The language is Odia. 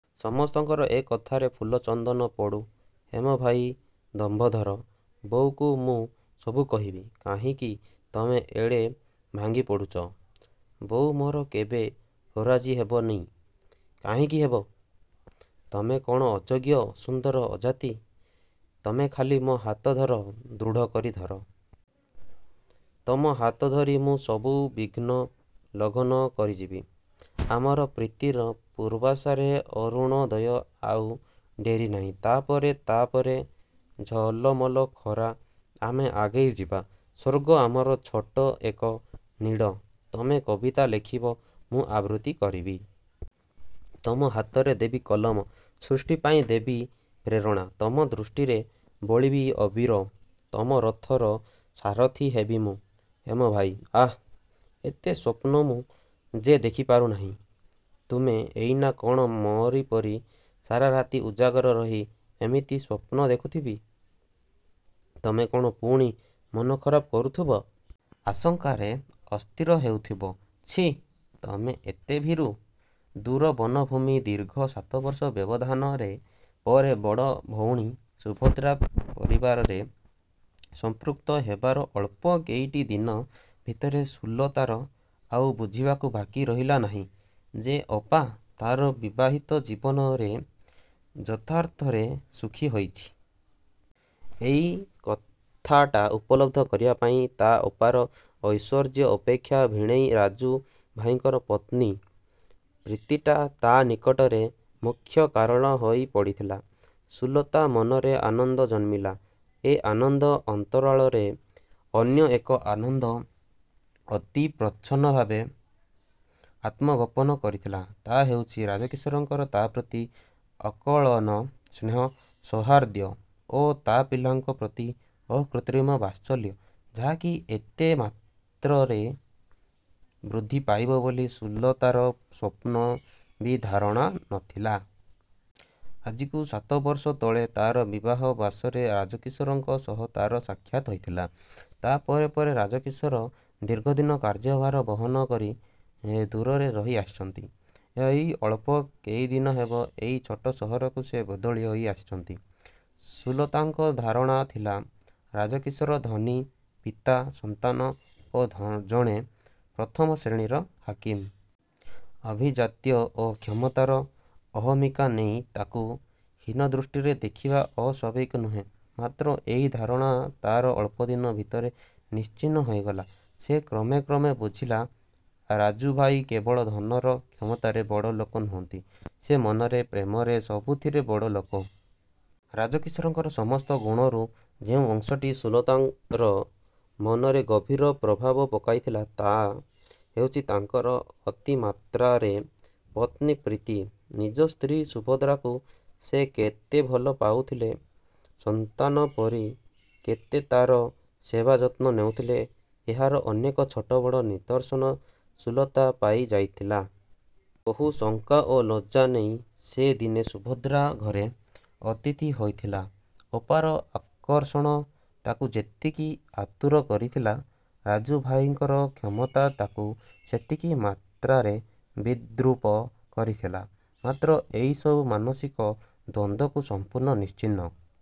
ସମସ୍ତଙ୍କର ଏ କଥାରେ ଫୁଲଚନ୍ଦନ ପଡ଼ୁ। ହେମ ଭାଇ, ଦମ୍ଭ ଧର। ବୋଉକୁ ମୁଁ ସବୁ କହିବି। କାହିଁକି ତମେ ଏଡ଼େ ଭାଙ୍ଗିପଡ଼ୁଚ-? ବୋଉ ମୋର କେବେ ଅରାଜି ହେବ ନି। କହିଁକି ହେବ? ତମେ କ'ଣ ଅଯୋଗ୍ୟ, ଅସୁନ୍ଦର, ଅଜାତି? ତମେ ଖାଲି ମୋ ହାତ ଧର, ଦୃଢ଼ କରି ଧର। ତମ ହାତ ଧରି ମୁଁ ସବୁ ବିଘ୍ନ ଲଙ୍ଘନ କରିଯିବି। ଆମର ପ୍ରୀତିର ପୂର୍ବାଶାରେ ଅରୁଣୋଦୟ ଆଉ ଡେରି ନାହିଁ। ତା'ପରେ, ତା'ପରେ ଝଲମଲ ଖରା। ଆମେ ଆଗେଇ ଯିବା। ସ୍ଵର୍ଗ ଆମର ଛୋଟ ଏକ ନୀଡ଼। ତମେ କବିତା ଲେଖିବ। ମୁଁ ଆବୃତ୍ତି କରିବି। ତମ ହାତରେ ଦେବି କଲମ। ସୃଷ୍ଟିପାଇଁ ଦେବି ପ୍ରେରଣା। ତମ ଦୃଷ୍ଟିରେ ବୋଳିବି ଅବିର। ତମ ରଥର ସାରଥୀ ହେବି ମୁଁ। ହେମ ଭାଇ… ଆଃ ଏତେ ସ୍ଵପ୍ନ ମୁଁ ଯେ ଦେଖିପାରୁ ନାହିଁ… ତୁମେ ଏଇନା କ'ଣ ମୋରିପରି ସାରା ରାତି ଉଜାଗର ରହି ଏମିତି ସ୍ଵପ୍ନ ଦେଖୁଥିବି… ତମେ କ'ଣ ପୁଣି ମନଖରାପ କରୁଥିବ…? ଆଶଙ୍କାରେ ଅସ୍ଥିର ହେଉଥିବ? ଛି, ତମେ ଏତେ ଭୀରୁ! ଦୂର ବନଭୂମି ଦୀର୍ଘ ସାତବର୍ଷର ବ୍ୟବଧାନ ପରେ ବଡ଼ ଭଉଣୀ ସୁଭଦ୍ରା ପରିବାରରେ ସଂପୃକ୍ତ ହେବାର ଅଳ୍ପ କେଇଟି ଦିନ ଭିତରେ ସୁଲତାର ଆଉ ବୁଝିବାକୁ ବାକି ରହିଲା ନାହିଁ ଯେ ଅପା ତାର ବିବାହିତ ଜୀବନରେ ଯାଥାର୍ଥରେ ସୁଖୀ ହୋଇଛି। ଏଇ କଥାଟା ଉପଲବ୍ଧ କରିବା ପାଇଁ ତା' ଅପାର ଐଶ୍ଵର୍ଯ୍ୟ ଅପେକ୍ଷା ଭିଣେଇ ରାଜୁ ଭାଇଙ୍କର ପତ୍ନୀ ପ୍ରୀତିଟା ତା'ନିକଟରେ ମୁଖ୍ୟ କାରଣ ହୋଇ ପଡ଼ିଥିଲା। ସୁଲତା ମନରେ ଆନନ୍ଦ ଜନ୍ମିଲା–ଏ ଆନନ୍ଦ ଅନ୍ତରାଳରେ ଅନ୍ୟଏକ ଆନନ୍ଦ ଅତି ପ୍ରଚ୍ଛନ୍ନ ଭାବେ ଆତ୍ମଗୋପନ କରିଥିଲା-ତା' ହେଉଚି ରାଜକିଶୋରଙ୍କର ତା' ପ୍ରତି ଅକଳନ ସ୍ନେହ ସୌହାର୍ଦ୍ଦ୍ୟ ଓ ତା' ପିଲାମାନଙ୍କ ପ୍ରତି ଅକୃତ୍ରିମ ବାତ୍ସଲ୍ୟ ଯାହା କି ଏତେ ମାତ୍ରାରେ ବୃଦ୍ଧି ପାଇବ ବୋଲି ସୁଲତାର ସ୍ୱପ୍ନରେ ବି ଧାରଣା ନ ଥିଲା। ଆଜିକୁ ସାତବର୍ଷ ତଳେ ତାର ବିବାହ ବାସରେ ରାଜକିଶୋରଙ୍କ ସହ ତାର ସାକ୍ଷାତ୍ ହୋଇଥିଲା। ତା' ପରେ ପରେ ରାଜକିଶୋର ଦୀର୍ଘଦିନ କାର୍ଯ୍ୟଭାର ବହନକରି ଦୁରରେ ରହି ଆସିଚନ୍ତି। ଏଇ ଅଳ୍ପ କେଇଦିନ ହେବ ଏଇ ଛୋଟ ସହରକୁ ସେ ବଦଳି ହୋଇ ଆସିଛନ୍ତି। ସୁଲତାଙ୍କ ଧାରଣା ଥିଲା ରାଜକିଶୋର ଧନୀ ପିତାର ସନ୍ତାନ ଓ ଜଣେ ପ୍ରଥମ ଶ୍ରେଣୀର ହାକିମ। ଆଭିଜାତ୍ୟ ଓ କ୍ଷମତାର ଅହମିକା ନେଇ ତାକୁ ହୀନଦୃଷ୍ଟିରେ ଦେଖିବା ଆସ୍ଵାଭାବିକ ନୁହେଁ। ମାତ୍ର ଏଇ ଧାରଣା ତାର ଅଳ୍ପଦିନ ଭିତରେ ନିଶ୍ଚିହ୍ନ ହୋଇଗଲା। ସେ କ୍ରମେ କ୍ରମେ ବୁଝିଲା ରାଜୁଭାଇ କେବଳ ଧନର କ୍ଷମତାରେ ବଡ଼ଲୋକ ନୁହଁନ୍ତି, ସେ ମନରେ, ପ୍ରେମରେ, ସବୁଥିରେ ବଡ଼ ଲୋକ। ରାଜକିଶୋରଙ୍କର ସମସ୍ତ ଗୁଣରୁ ଯେଉଁ ଅଂଶଟି ସୁଲତାର ମନରେ ଗଭୀର ପ୍ରଭାବ ପକାଇଥିଲା, ତା' ହେଉଚି ତାଙ୍କର ଅତିମାତ୍ରାରେ ପତ୍ନୀପ୍ରୀତି। ନିଜ ସ୍ତ୍ରୀ ସୁଭଦ୍ରାକୁ ସେ କେତେ ଭଲ ପାଉଥିଲେ, ସନ୍ତାନ ପରି କେତେ ତାର ସେବାଯତ୍ନ ନେଉଥିଲେ ଏହାର ଅନେକ ଛୋଟବଡ଼ ନିଦର୍ଶନ ସୁଲତା ପାଇ ଯାଇଥିଲା। ବହୁ ଶଙ୍କା ଓ ଲଜ୍ଜା ନେଇ ସେ ଦିନେ ସୁଭଦ୍ରା ଘରେ ଅତିଥି ହୋଇଥିଲା ଅପାର ଆକର୍ଷଣ ତାକୁ ଯେତିକି ଆତୁର କରିଥିଲା ରାଜୁଭାଇଙ୍କର କ୍ଷମତା ତାକୁ ସେତିକି ମାତ୍ରାରେ ବିଦ୍ରୁପ କରିଥିଲା। ମାତ୍ର ଏଇସବୁ ମାନସିକ ଦ୍ଵନ୍ଦକୁ ସମ୍ପୂର୍ଣ୍ଣ ନିଶ୍ଚିହ୍ନ